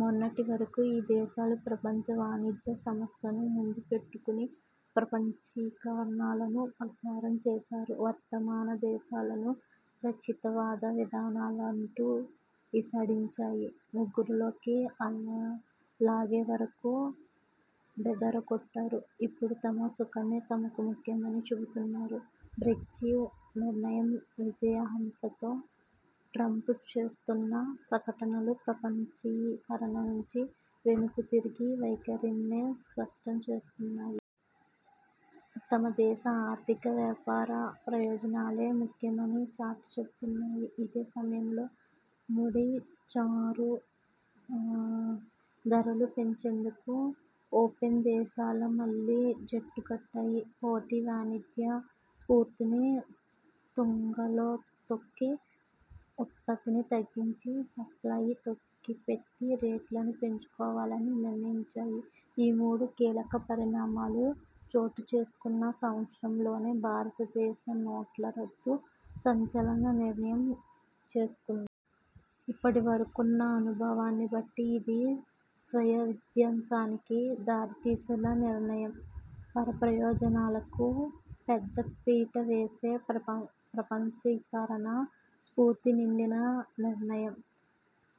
మొన్నటి వరకు ఈ దేశాలు ప్రపంచ వాణిజ్య సంస్థ ను ముందు పెట్టుకొని ప్రపంచీకరణను ప్రచారం చేశాయి. వర్ధమాన దేశాలను రక్షితవాద విధానాలంటూ ఈసడించాయి. ముగ్గులోకి లాగేవరకు బెదరగొట్టాయి. ఇప్పుడు తమ సుఖమే తమకు ముఖ్యమని చెబుతున్నాయి. బ్రెగ్జిట్ నిర్ణయం, విజయహాసంతో ట్రంప్ చేస్తున్న ప్రకటనలు ప్రపంచీకరణ నుంచి వెనుతిరిగే వైఖరినే స్పష్టం చేస్తున్నాయి. తమ దేశ ఆర్థిక, వ్యాపార ప్రయోజనాలే ముఖ్యమని చాటి చెబుతున్నాయి. ఇదే సమయంలో ముడి చమురు ధరలు పెంచేందుకు ఒపెక్ దేశాల మళ్లీ జట్టుకట్టాయి. పోటీ వాణిజ్య స్ఫూర్తిని తుంగలో తొక్కి ఉత్పత్తిని తగ్గించి, సప్లయ్ని తొక్కిపెట్టి రేట్లను పెంచుకోవాలని నిర్ణయించాయి. ఈ మూడు కీలక పరిణామాలు చోటుచేసుకున్న సంవత్సరంలోనే భారత పెద్ద నోట్ల రద్దు సంచలన నిర్ణయం తీసుకుంది. ఇప్పటివరకున్న అనుభవాన్ని బట్టి ఇది స్వీయవిధ్వంసానికి దారితీసిన నిర్ణయం. పరప్రయోజనాలకు పెద్దపీటవేసే ప్రపంచీకరణ స్ఫూర్తి నిండిన నిర్ణయం.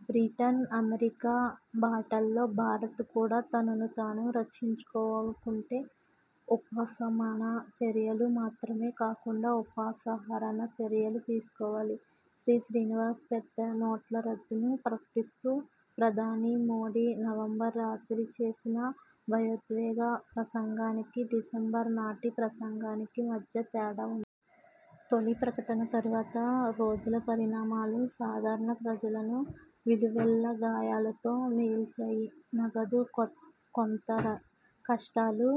బ్రిటన్, అమెరికా బాటలో భారత్ కూడా తనను తాను రక్షించుకోవాలనుకుంటే ఉపశమన చర్యలు మాత్రమే కాకుండా ఉపసంహరణ చర్యలూ తీసుకోవాలి. వి. శ్రీనివాస్ పెద్ద నోట్ల రద్దును ప్రకటిస్తూ ప్రధాని మోదీ నవంబర్ రాత్రి చేసిన భావోద్వేగ ప్రసంగానికీ, డిసెంబర్ నాటి ప్రసంగానికి మధ్య తేడా ఉంది. తొలి ప్రకటన తర్వాత రోజుల పరిణామాలు సాధారణ ప్రజలను నిలువెల్లా గాయాలతో మిగిల్చాయి. నగదు కొరత కష్టాలు,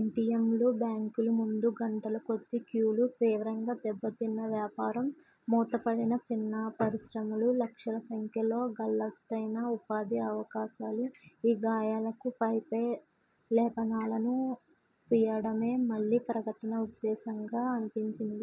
ఎటిఎంలు, బ్యాంకుల ముందు గంటల కొద్దీ క్యూలు, తీవ్రంగా దెబ్బతిన్న వ్యవసాయం, మూతపడిన చిన్న పరిశ్రమలు, లక్షల సంఖ్యలో గల్లంతైన ఉపాధి అవకాశాలు ఈ గాయాలకు పైపై లేపనాలను పూయడమే మలి ప్రకటన ఉద్దేశ్యంగా కనిపించింది.